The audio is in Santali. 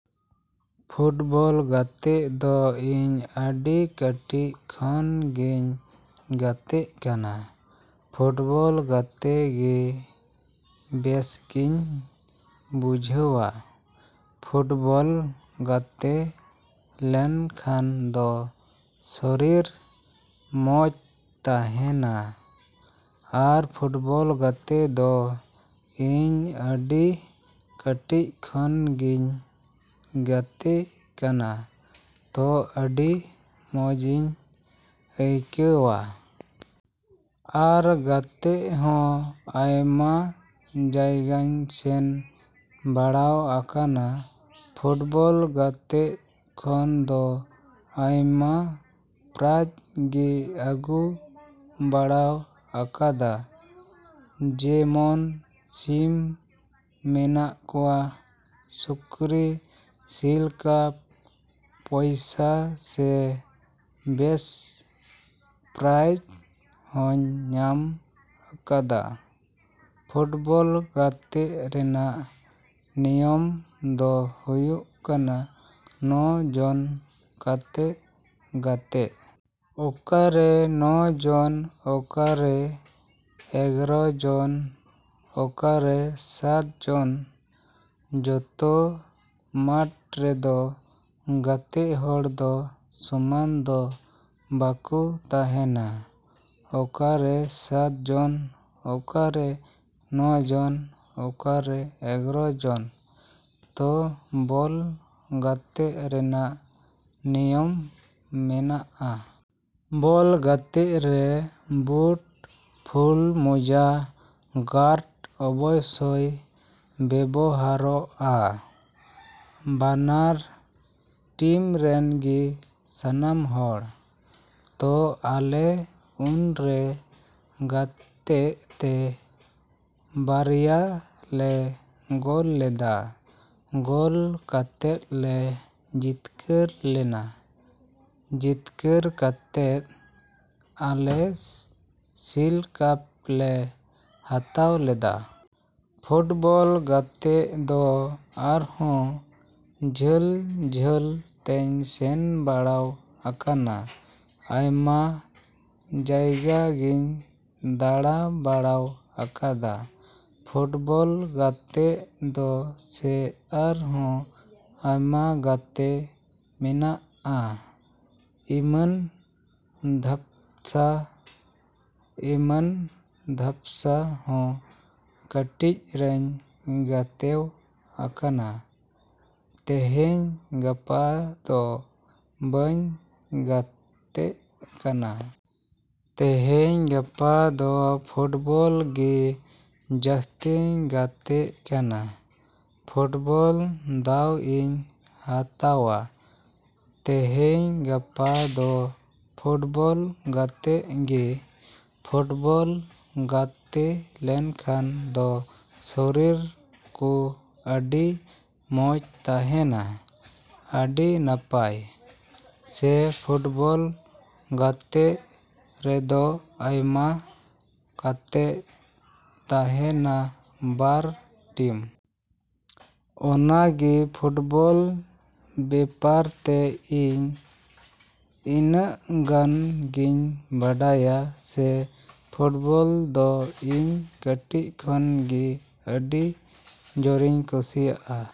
ᱯᱷᱩᱴᱵᱚᱞ ᱜᱟᱛᱮ ᱫᱚ ᱤᱧ ᱟᱹᱰᱤ ᱠᱟᱹᱴᱤᱡ ᱠᱷᱚᱱ ᱜᱮᱧ ᱜᱟᱛᱮᱜ ᱠᱟᱱᱟ᱾ ᱯᱷᱩᱴᱵᱚᱞ ᱜᱟᱛᱮ ᱜᱮ ᱵᱮᱥᱜᱤᱧ ᱵᱩᱡᱷᱟᱹᱣᱟ᱾ ᱯᱷᱩᱴᱵᱚᱞ ᱜᱟᱛᱮ ᱞᱮᱱᱠᱷᱟᱱ ᱫᱚ ᱥᱚᱨᱤᱨ ᱢᱚᱡᱽ ᱛᱟᱦᱮᱱᱟ᱾ ᱟᱨ ᱯᱷᱩᱴᱵᱚᱞ ᱜᱟᱛᱮ ᱫᱚ ᱤᱧ ᱟᱹᱰᱤ ᱠᱟᱹᱴᱤᱡ ᱠᱷᱚᱱ ᱜᱤᱧ ᱜᱟᱛᱮᱜ ᱠᱟᱱᱟ ᱛᱚ ᱟᱹᱰᱤ ᱢᱚᱡᱤᱧ ᱟᱹᱭᱠᱟᱹᱣᱟ᱾ ᱟᱨ ᱜᱟᱛᱮᱜ ᱦᱚᱸ ᱟᱭᱢᱟ ᱡᱟᱭᱜᱟᱧ ᱥᱮᱱ ᱵᱟᱲᱟᱣ ᱟᱠᱟᱱᱟ᱾ ᱯᱷᱩᱴᱵᱚᱞ ᱜᱟᱛᱮᱜ ᱠᱷᱚᱱ ᱫᱚ ᱟᱭᱢᱟ ᱯᱨᱟᱭᱤᱡᱽ ᱜᱮ ᱟᱹᱜᱩ ᱵᱟᱲᱟᱣ ᱟᱠᱟᱫᱟ, ᱡᱮᱢᱚᱱ ᱥᱤᱢ ᱢᱮᱱᱟᱜ ᱠᱚᱣᱟ, ᱥᱩᱠᱨᱤ, ᱥᱤᱞ ᱠᱟᱯ, ᱯᱚᱭᱥᱟ ᱥᱮ ᱵᱮᱥᱴ ᱯᱨᱟᱭᱤᱡᱽ ᱦᱚᱸᱧ ᱧᱟᱢ ᱟᱠᱟᱫᱟ᱾ ᱯᱷᱩᱴᱵᱚᱞ ᱜᱟᱛᱮᱜ ᱨᱮᱱᱟᱜ ᱱᱤᱭᱚᱢ ᱫᱚ ᱦᱩᱭᱩᱜ ᱠᱟᱱᱟ ᱱᱚ ᱡᱚᱱ ᱠᱟᱛᱮᱜ ᱜᱟᱛᱮᱜ᱾ ᱚᱠᱟᱨᱮ ᱱᱚ ᱡᱚᱱ, ᱚᱠᱟᱨᱮ ᱮᱜᱟᱨᱚ ᱡᱚᱱ, ᱚᱠᱟᱨᱮ ᱥᱟᱛ ᱡᱚᱱ᱾ ᱡᱚᱛᱚ ᱢᱟᱴᱷ ᱨᱮᱫᱚ ᱜᱟᱛᱮᱜ ᱦᱚᱲ ᱫᱚ ᱥᱚᱢᱟᱱ ᱫᱚ ᱵᱟᱠᱚ ᱛᱟᱦᱮᱱᱟ᱾ ᱚᱠᱟᱨᱮ ᱥᱟᱛ ᱡᱚᱱ, ᱚᱠᱟᱨᱮ ᱱᱚ ᱡᱚᱱ, ᱚᱠᱟᱨᱮ ᱮᱜᱟᱨᱚ ᱡᱚᱱ᱾ ᱛᱚ ᱵᱚᱞ ᱜᱟᱛᱮᱜ ᱨᱮᱱᱟᱜ ᱱᱤᱭᱚᱢ ᱢᱮᱱᱟᱜᱼᱟ᱾ ᱵᱚᱞ ᱜᱟᱛᱮᱜ ᱨᱮ ᱵᱩᱴ, ᱯᱷᱩᱞ ᱢᱚᱡᱟ, ᱜᱟᱨᱰ ᱚᱵᱚᱥᱥᱚᱭ ᱵᱮᱵᱚᱦᱟᱨᱚᱜᱼᱟ᱾ ᱵᱟᱱᱟᱨ ᱴᱤᱢ ᱨᱮᱱ ᱜᱮ ᱥᱟᱱᱟᱢ ᱦᱚᱲ᱾ ᱛᱚ ᱟᱞᱮ ᱩᱱᱨᱮ ᱜᱟᱛᱮᱜ ᱛᱮ ᱵᱟᱨᱭᱟ ᱞᱮ ᱜᱳᱞ ᱞᱮᱫᱟ᱾ ᱜᱳᱞ ᱠᱟᱛᱮᱫ ᱞᱮ ᱡᱤᱛᱠᱟᱹᱨ ᱞᱮᱱᱟ᱾ ᱡᱤᱛᱠᱟᱹᱨ ᱠᱟᱛᱮᱫ ᱟᱞᱮ ᱥᱤᱞ ᱠᱟᱯ ᱞᱮ ᱦᱟᱛᱟᱣ ᱞᱮᱫᱟ᱾ ᱯᱷᱩᱴᱵᱚᱞ ᱜᱟᱛᱮᱜ ᱫᱚ ᱟᱨᱦᱚᱸ ᱡᱷᱟᱹᱞᱼᱡᱷᱟᱹᱞ ᱛᱤᱧ ᱥᱮᱱ ᱵᱟᱲᱟᱣ ᱟᱠᱟᱱᱟ᱾ ᱟᱭᱢᱟ ᱡᱟᱭᱜᱟ ᱜᱤᱧ ᱫᱟᱬᱟ ᱵᱟᱲᱟᱣ ᱟᱠᱟᱫᱟ᱾ ᱯᱷᱩᱴᱵᱚᱞ ᱜᱟᱛᱮᱜ ᱫᱚ ᱥᱮ ᱟᱨᱦᱚᱸ ᱟᱭᱢᱟ ᱜᱟᱛᱮ ᱢᱮᱱᱟᱜᱼᱟ, ᱤᱢᱟᱹᱱ ᱫᱷᱟᱯᱥᱟ᱾ ᱤᱢᱟᱹᱱ ᱫᱷᱟᱯᱥᱟ ᱦᱚᱸ ᱠᱟᱹᱴᱤᱡ ᱨᱤᱧ ᱜᱟᱛᱮᱣ ᱟᱠᱟᱱᱟ᱾ ᱛᱮᱦᱮᱧ ᱜᱟᱯᱟ ᱫᱚ ᱵᱟᱹᱧ ᱜᱟᱛᱮᱜ ᱠᱟᱱᱟ᱾ ᱛᱮᱦᱮᱧ ᱜᱟᱯᱟ ᱫᱚ ᱯᱷᱩᱴᱵᱚᱞ ᱜᱮ ᱡᱟᱹᱥᱛᱤᱧ ᱜᱟᱛᱮᱜ ᱠᱟᱱᱟ᱾ ᱯᱷᱩᱴᱵᱚᱞ ᱫᱟᱣ ᱤᱧ ᱦᱟᱛᱟᱣᱟ᱾ ᱛᱮᱦᱮᱧ ᱜᱟᱯᱟ ᱫᱚ ᱯᱷᱩᱴᱵᱚᱞ ᱜᱟᱛᱮᱜ ᱜᱮ᱾ ᱯᱷᱩᱴᱵᱚᱞ ᱜᱟᱛᱮ ᱞᱮᱱᱠᱷᱟᱱ ᱫᱚ ᱥᱚᱨᱤᱨ ᱠᱚ ᱟᱹᱰᱤ ᱢᱚᱡᱽ ᱛᱟᱦᱮᱱᱟ, ᱟᱹᱰᱤ ᱱᱟᱯᱟᱭ᱾ ᱥᱮ ᱯᱷᱩᱴᱵᱚᱞ ᱜᱟᱛᱮᱜ ᱨᱮᱫᱚ ᱟᱭᱢᱟ ᱠᱟᱛᱮᱜ ᱛᱟᱦᱮᱱᱟ ᱵᱟᱨ ᱴᱤᱢ᱾ ᱚᱱᱟ ᱜᱮ ᱯᱷᱩᱴᱵᱚᱞ ᱵᱮᱯᱟᱨ ᱛᱮ ᱤᱧ ᱤᱱᱟᱹᱜ ᱜᱟᱱ ᱜᱤᱧ ᱵᱟᱰᱟᱭᱟ᱾ ᱥᱮ ᱯᱷᱩᱴᱵᱚᱞ ᱫᱚ ᱤᱧ ᱠᱟᱹᱴᱤᱡ ᱠᱷᱚᱱ ᱜᱮ ᱟᱹᱰᱤ ᱡᱳᱨᱤᱧ ᱠᱩᱥᱤᱭᱟᱜᱼᱟ᱾।